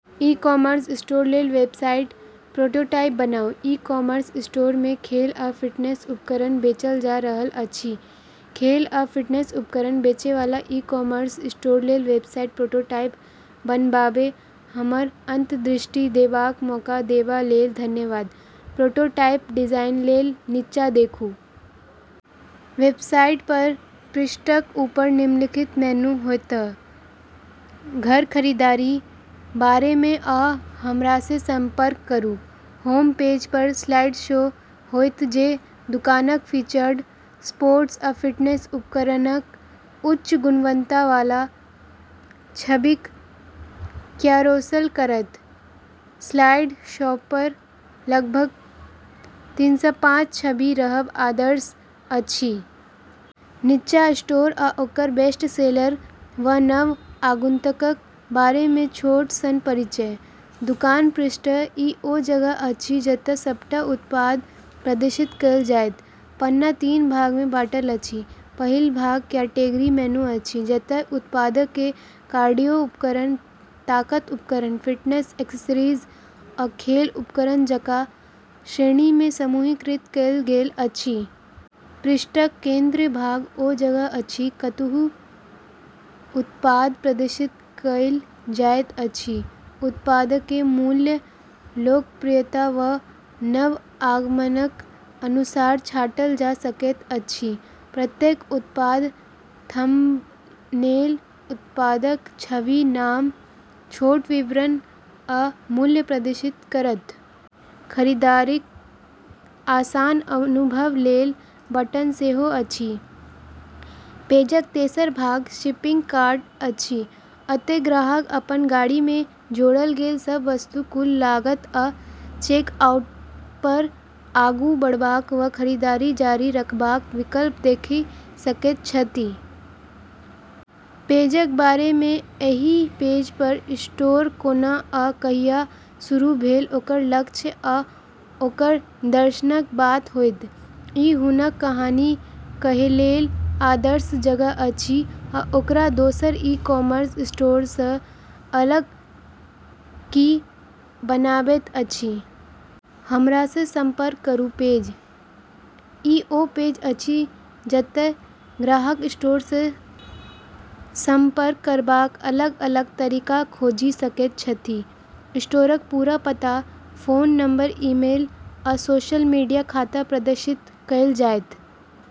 E-commerce स्टोरलेल website prototype बनाउ। E-commerce स्टोरमे खेल आ फिटनेस उपकरण बेचल जा रहल अछि। खेल आ फिटनेस उपकरण बेचैवाला ई-कॉमर्स स्टोरलेल वेबसाइट प्रोटोटाइप बनेबामे हमर अन्तर्दृष्टि देबाक मौका देबालेल धन्यवाद। प्रोटोटाइप डिजाइनलेल नीचाँ देखू। वेबसाइटपर पृष्ठक ऊपर निम्नलिखित मेनू होयत: घर, खरीदारी, बारेमे, आ हमरासँ सम्पर्क करू। होम पेजपर स्लाइड शो होयत जे दुकानक फीचर्ड स्पोर्ट्स आ फिटनेस उपकरणक उच्च गुणवत्तावाला छबिक क्यारोसेल करत। स्लाइड शोपर लगभग तीनसँ पाँच छवि रहब आदर्श अछि। नीचाँ स्टोर आ ओकर बेस्टसेलर वा नव आगन्तुकक बारेमे छोट सन परिचय। दुकान पृष्ठ: ई ओ जगह अछि जतय सबटा उत्पाद प्रदर्शित कएल जायत। पन्ना तीन भागमे बँटल अछि। पहिल भाग क्याटेगरी मेनू अछि, जतय उत्पादकेँ कार्डियो उपकरण, ताकत उपकरण, फिटनेस एक्सेसरीज, आ खेल उपकरण जकाँ श्रेणीमे समूहीकृत कएल गेल अछि। पृष्ठक केन्द्रीय भाग ओ जगह अछि, कतहु उत्पाद प्रदर्शित कएल जाइत अछि। उत्पादकेँ मूल्य, लोकप्रियता, वा नव आगमनक अनुसार छाँटल जा सकैत अछि। प्रत्येक उत्पाद थम्बनेल उत्पादक छवि, नाम, छोट विवरण, आ मूल्य प्रदर्शित करत। खरीदारीक आसान अनुभवलेल "" बटन सेहो अछि। पेजक तेसर भाग शपिङ्ग कार्ट अछि। एतय ग्राहक अपन गाड़ीमे जोडल गेल सभ वस्तु, कुल लागत, आ चेकआउटपर आगू बढ़बाक वा खरीदारी जारी रखबाक विकल्प देखि सकैत छथि। पेजक बारेमे: एहि पेजपर स्टोर कोना आ कहिया शुरू भेल, ओकर लक्ष्य, आ ओकर दर्शनक बात होयत। ई हुनक कहानी कहैलेल आदर्श जगह अछि आ ओकरा दोसर ई-कॉमर्स स्टोरसँ अलग की बनाबैत अछि। हमरासँ सम्पर्क करू पेज: ई ओ पेज अछि जतय ग्राहक स्टोरसँ सम्पर्क करबाक अलग-अलग तरीका खोजि सकैत छथि। स्टोरक पूरा पता, फोन नम्बर, ईमेल, आ सोशल मीडिया खाता प्रदर्शित कएल जायत।